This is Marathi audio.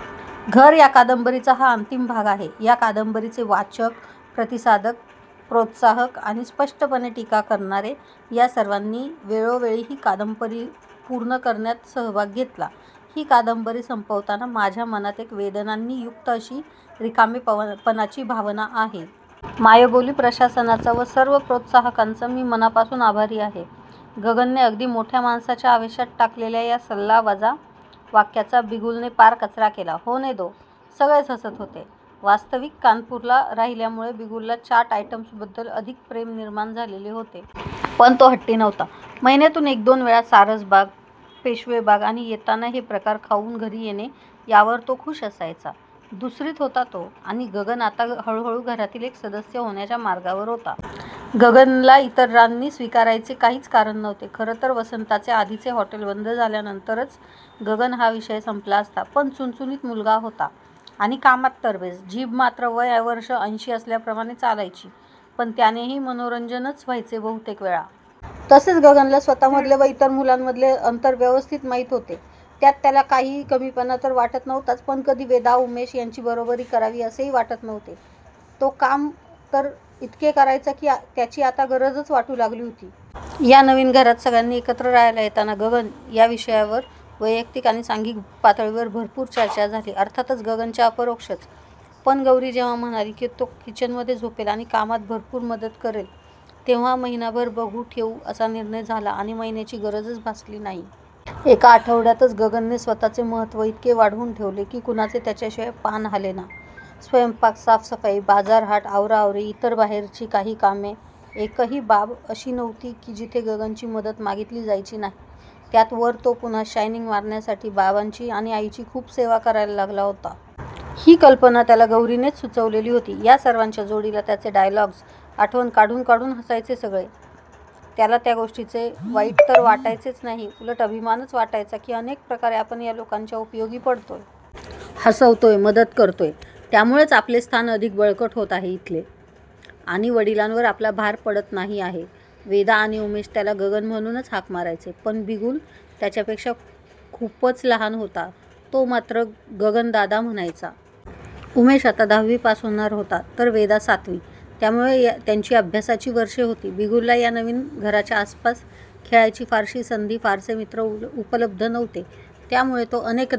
घर या कादंबरीचा हा अंतिम भाग आहे. या कादंबरीचे वाचक, प्रतिसादक, प्रोत्साहक आणि स्पष्टपणे टीका करणारे ह्या सर्वांनी वेळोवेळी ही कादंबरी पूर्ण करण्यात सहभाग घेतला. ही कादंबरी संपवताना माझ्या मनात एक वेदनांनी युक्त अशी रिकामेपणाची भावना आहे. मायबोली प्रशासनाचा व सर्व प्रोत्साहकांचा मी मनापासून आभारी आहे. गगनने अगदी मोठ्या माणसाच्या आवेशात टाकलेल्या या सल्लावजा वाक्याचा बिगुलने पार कचरा केला. होने दो! सगळेच हासत होते. वास्तविक कानपूरला राहिल्यामुळे बिगुलला चाट आयटेम्सबद्दल अधिक प्रेम निर्माण झालेले होते. पण तो हट्टी नव्हता. महिन्यातून एक दोन वेळा सारसबाग, पेशवेबाग आणि येताना हे प्रकार खाऊन घरी येणे यावर तो खुष असायचा. दुसरीत होता तो आणि गगन आता हळूहळू घरातील एक सदस्य होण्याच्या मार्गावर होता. गगनला इतरांनी स्वीकारायचे काहीच कारण नव्हते. खरे तर वसंताचे आधीचे हॉटेल बंद झाल्यानंतरच गगन हा विषय संपला असता. पण चुणचुणीत मुलगा होता आणि कामात तरबेज! जीभ मात्र वय वर्षे ऐंशी असल्याप्रमाणे चालायची. पण त्यानेही मनोरंजनच व्हायचे बहुतेकवेळा! तसेच, गगनला स्वतःमधले व इतर मुलांमधले अंतर व्यवस्थित माहीत होते. त्यात त्याला काहीही कमीपणा तर वाटत नव्हताच पण कधी वेदा, उमेश यांची बरोबरी करावी असेही वाटत नव्हते. तो काम तर इतके करायचा की त्याची आता गरजच वाटू लागली होती. या नवीन घरात सगळ्यांनी एकत्र राहायला येताना 'गगन' या विषयावर वैयक्तीक आणि सांघिक पातळीवर भरपूर चर्चा झाली. अर्थातच, गगनच्या अपरोक्षच! पण गौरी जेव्हा म्हणाली की तो किचनमध्ये झोपेल आणि कामात भरपूर मदत करेल तेव्हा 'महिनाभर बघू ठेवू' असा निर्णय झाला आणि महिन्याची गरजच भासली नाही. एका आठवड्यातच गगनने स्वतःचे महत्व इतके वाढवून ठेवले की कुणाचे त्याच्याशिवाय पान हालेना! स्वयंपाक, साफसफाई, बाजारहाट, आवराआवरी, इतर बाहेरची काही कामे, एकही बाब अशी नव्हती की जिथे गगनची मदत मागीतली जायची नाही. त्यात वर पुन्हा तो शायनिंग मारण्यासाठी बाबांची आणि आईंची खूप सेवा करायला लागला होता. ही कल्पना त्याला गौरीनेच सुचवलेली होती. या सर्वांच्या जोडीला त्याचे डायलॉग्ज आठवण काढून काढून हसायचे सगळे त्याला त्या गोष्टीचे वाईट तर वाटायचेच नाही, उलट अभिमानच वाटायचा की अनेक प्रकारे आपण या लोकांच्या उपयोगी पडतोय. हासवतोय, मदत करतोय! त्यामुळेच आपले स्थान अधिक बळकट होत आहे इथले आणि वडिलांवर आपला भार पडत नाही आहे. वेदा आणि उमेश त्याला गगन म्हणूनच हाक मारायचे. पण बिगुल त्याच्यापेक्षा खूपच लहान होता. तो मात्र गगनदादा म्हणायचा. उमेश आता दहावी पास होणार होता तर वेदा सातवी त्यामुळे त्यांची अभ्यासाची वर्षे होती. बिगुलला या नवीन घराच्या जवळपास खेळायची फारशी संधी, फारसे मित्र उपलब्ध नव्हते. त्यामुळे तो अनेकदा